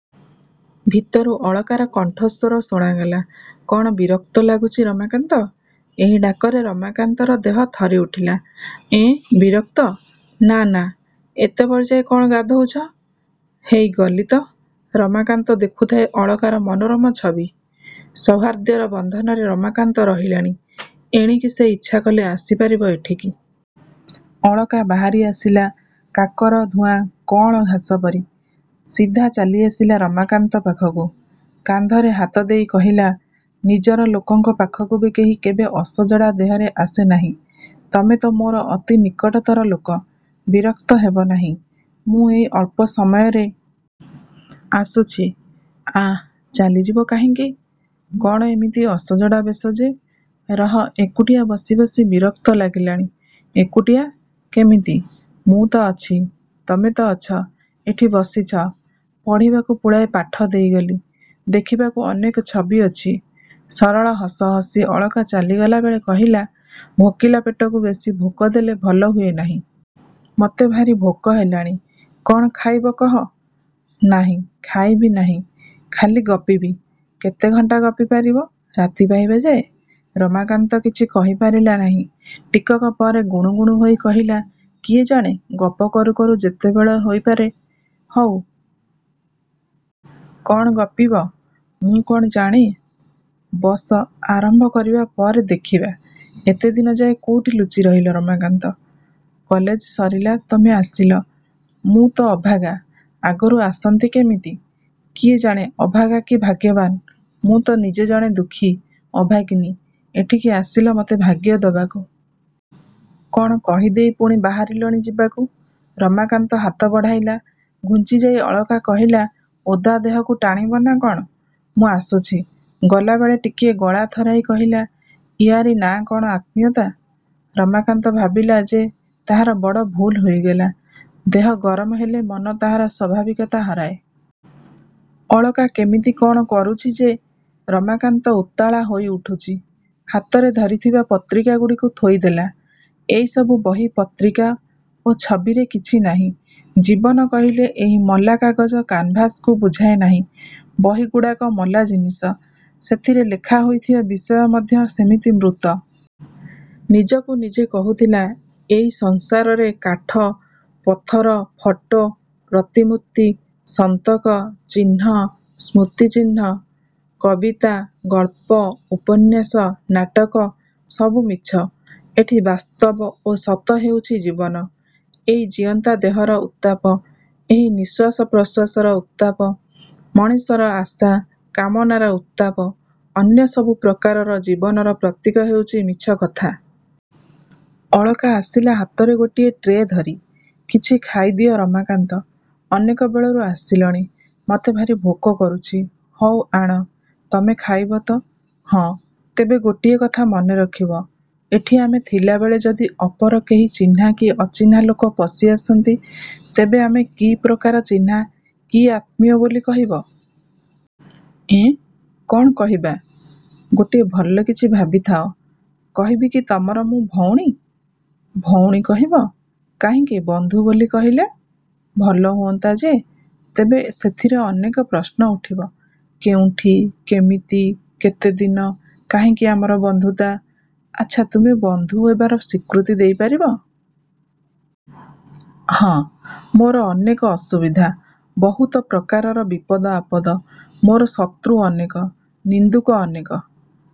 ଭିତରୁ ଅଳକାର କଣ୍ଠସ୍ୱର ଶୁଣାଗଲା, କ'ଣ ବିରକ୍ତ ଲାଗୁଛି-ରମାକାନ୍ତ? ଏହି ଡାକରେ ରମାକାନ୍ତର ଦେହ ଥରି ଉଠିଲା-ଏଁ ବିରକ୍ତ? -ନା-ନା। ଏତେବେଳେ ଯାଏ କ'ଣ ଗାଧଉଛ? -ହେଇ ଗଲି ତ। ରମାକାନ୍ତ ଦେଖୁଥାଏ ଅଳକାର ମନୋରମ ଛବି। ସୌହାର୍ଦ୍ଦ୍ୟର ବନ୍ଧନରେ ରମାକାନ୍ତ ରହିଲାଣି। ଏଣିକି ସେ ଇଚ୍ଛାକଲେ ଆସିପାରିବ ଏଠିକି। ଅଳକା ବାହାରି ଆସିଲା-କାକର-ଧୂଆ କଅଁଳ ଘାସପରି। ସିଧା ଚାଲିଆସିଲା ରମାକାନ୍ତ ପାଖକୁ। କାନ୍ଧରେ ହାତ ଦେଇ କହିଲା-ନିଜର ଲୋକଙ୍କ ପାଖକୁ ବି କେହି କେବେ ଅସଜଡ଼ା ଦେହରେ ଆସେ ନାହିଁ। ତମେ ତ ମୋର ଅତି ନିକଟର ଲୋକ। ବିରକ୍ତ ହେବନାହିଁ। ମୁଁ ଏଇ ଅଳ୍ପ ସମୟରେ। ଆସୁଛି। ଆଃ, ଚାଲିଯିବ କାହିଁକି? କ'ଣ ଏମିତି ଅସଜଡ଼ା ବେଶ ଯେ। ରହ-ଏକୁଟିଆ ବସି ବସି ବିରକ୍ତ ଲାଗିଲାଣି। -ଏକୁଟିଆ? କେମିତି? ମୁଁ ତ ଅଛି। ତମେ ତ ଅଛ। ଏଠି ବସିଛ-ପଢ଼ିବାକୁ ପୁଳାଏ ପାଠ ଦେଇଗଲି। ଦେଖିବାକୁ ଅନେକ ଛବି ଅଛି। ସରଳ ହସ ହସି ଅଳକା ଚାଲିଗଲା ବେଳେ କହିଲା-ଭୋକିଲା ପେଟକୁ ବେଶି ଭୋକ ଦେଲେ ଭଲ ହୁଏ ନାହିଁ। ମତେ ଭାରି ଭୋକ ହେଲାଣି। କ'ଣ ଖାଇବ କହ? -ନାହିଁ। ଖାଇବି ନାହିଁ। ଖାଲି ଗପିବି। -କେତେ ଘଣ୍ଟା ଗପି ପାରିବ? -ରାତି ପାହିବା ଯାଏ-? ରମାକାନ୍ତ କିଛି କହି ପାରିଲା ନାହିଁ। ଟିକକ ପରେ ଗୁଣୁ ଗୁଣୁ ହୋଇ କହିଲା-କିଏ ଜାଣେ? ଗପ କରୁ କରୁ ଯେତେବେଳ ହୋଇପାରେ-ହଉ। -କ'ଣ ଗପିବ? -ମୁଁ କ'ଣ ଜାଣେ? ବସ-ଆରମ୍ଭ କରିବା ପରେ ଦେଖିବା। -ଏତେଦିନ ଯାଏ କେଉଁଠି ଲୁଚି ରହିଲ ରମାକାନ୍ତ? କଲେଜ ସରିଲା ତମେ ଆସିଲ। -ମୁଁ ତ ଅଭାଗା। ଆଗରୁ ଆସନ୍ତି କେମିତି? -କିଏ ଜାଣେ ଅଭାଗା କି ଭାଗ୍ୟବାନ୍। ମୁଁ ତ ନିଜେ ଜଣେ ଦୁଃଖୀ, ଅଭାଗିନୀ-ଏଠିକି ଆସିଲ ମତେ ଭାଗ୍ୟ ଦବାକୁ। -କ'ଣ କହିଦେଇ ପୁଣି ବାହାରିଲଣି ଯିବାକୁ। -ରମାକାନ୍ତ ହାତ ବଢ଼ାଇଲା। ଘୁଞ୍ଚିଯାଇ ଅଳକା କହିଲା-ଓଦା ଦେହକୁ ଟାଣିବ ନା କ'ଣ? ମୁଁ ଆସୁଛି। ଗଲାବେଳେ ଟିକିଏ ଗଳା ଥରାଇ କହିଲା-ଇଆରି ନା' କ'ଣ ଆତ୍ମୀୟତା? ରମାକାନ୍ତ ଭାବିଲା ଯେ ତାହାର ବଡ଼ ଭୁଲ୍ ହୋଇଗଲା। ଦେହ ଗରମ ହେଲେ ମନ ତାହାର ସ୍ୱାଭାବିକତା ହରାଏ। ଅଳକା କେମିତି କ'ଣ କରୁଛି ଯେ ରମାକାନ୍ତ ଉତ୍ତାଳା ହେଇ ଉଠୁଛି-। ହାତରେ ଧରିଥିବା ପତ୍ରିକାଗୁଡ଼ିକୁ ଥୋଇ ଦେଲା-ଏଇସବୁ ବହି ପତ୍ରିକା ଓ ଛବିରେ କିଛି ନାହିଁ। ଜୀବନ କହିଲେ ଏହି ମଲାକାଗଜ କାନଭାସକୁ ବୁଝାଏ ନାହିଁ। ବହିଗୁଡ଼ାକ ମଲା ଜିନିଷ। ସେଥିରେ ଲେଖା ହୋଇଥିବା ବିଷୟ ମଧ୍ୟ ସେମିତି ମୃତ। ନିଜକୁ ନିଜେ କହୁଥିଲା-ଏଇ ସଂସାରରେ କାଠ, ପଥର, ଫଟୋ, ପ୍ରତିମୂର୍ତ୍ତି, ସନ୍ତକ, ଚିହ୍ନ, ସ୍ମୃତିଚିହ୍ନ-କବିତା, ଗଳ୍ପ, ଉପନ୍ୟାସ, ନାଟକ-ସବୁ ମିଛ। ଏଠି ବାସ୍ତବ ଓ ସତ ହେଉଛି ଜୀବନ-ଏଇ ଜୀଅନ୍ତା ଦେହର ଉତ୍ତାପ। ଏହି ନିଶ୍ୱାସ ପ୍ରଶ୍ୱାସର ଉତ୍ତାପ। ମଣିଷର ଆଶା, କାମନାର ଉତ୍ତାପ। ଅନ୍ୟ ସବୁ ପ୍ରକାରର ଜୀବନର ପ୍ରତୀକ ହେଉଛି ମିଛ କଥା। ଅଳକା ଆସିଲା ହାତରେ ଗୋଟିଏ ଟ୍ରେ ଧରି-କିଛି ଖାଇଦିଅ ରମାକାନ୍ତ, ଅନେକ ବେଳରୁ ଆସିଲଣି-ମତେ ଭାରି ଭୋକ କରୁଛି। -ହଉ। ଆଣ। ତମେ ଖାଇବ ତ। -ହଁ। ତେବେ ଗୋଟିଏ କଥା ମନେ ରଖିବ। ଏଠି ଆମେ ଥିଲାବେଳେ ଯଦି ଅପର କେହି ଚିହ୍ନା କି ଅଚିହ୍ନା ଲୋକ ପଶିଆସନ୍ତି ତେବେ ଆମେ କି ପ୍ରକାର ଚିହ୍ନା କି ଆତ୍ମୀୟ ବୋଲି କହିବ? -ଏଁ? କ'ଣ କହିବା? -ଗୋଟାଏ ଭଲ କିଛି ଭାବିଥାଅ। କହିବି କି ତମର ମୁଁ ଭଉଣୀ? -ଭଉଣୀ କହିବ? -କାହିଁକି ବନ୍ଧୁ ବୋଲି କହିଲେ? -ଭଲ ହୁଅନ୍ତା ଯେ। ତେବେ ସେଥିରେ ଅନେକ ପ୍ରଶ୍ନ ଉଠିବ-କେଉଁଠି, କେମିତି, କେତେଦିନ, କାହିଁକି ଆମର ବନ୍ଧୁତା? ଆଚ୍ଛା ତୁମେ ବନ୍ଧୁ ହେବାର ସ୍ୱୀକୃତି ଦେଇପାରିବ? -ହଁ। -ମୋର ଅନେକ ଅସୁବିଧା। ବହୁତ ପ୍ରକାରର ବିପଦ-ଆପଦ ମୋର ଶତ୍ରୁ ଅନେକ। ନିନ୍ଦୁକ ଅନେକ।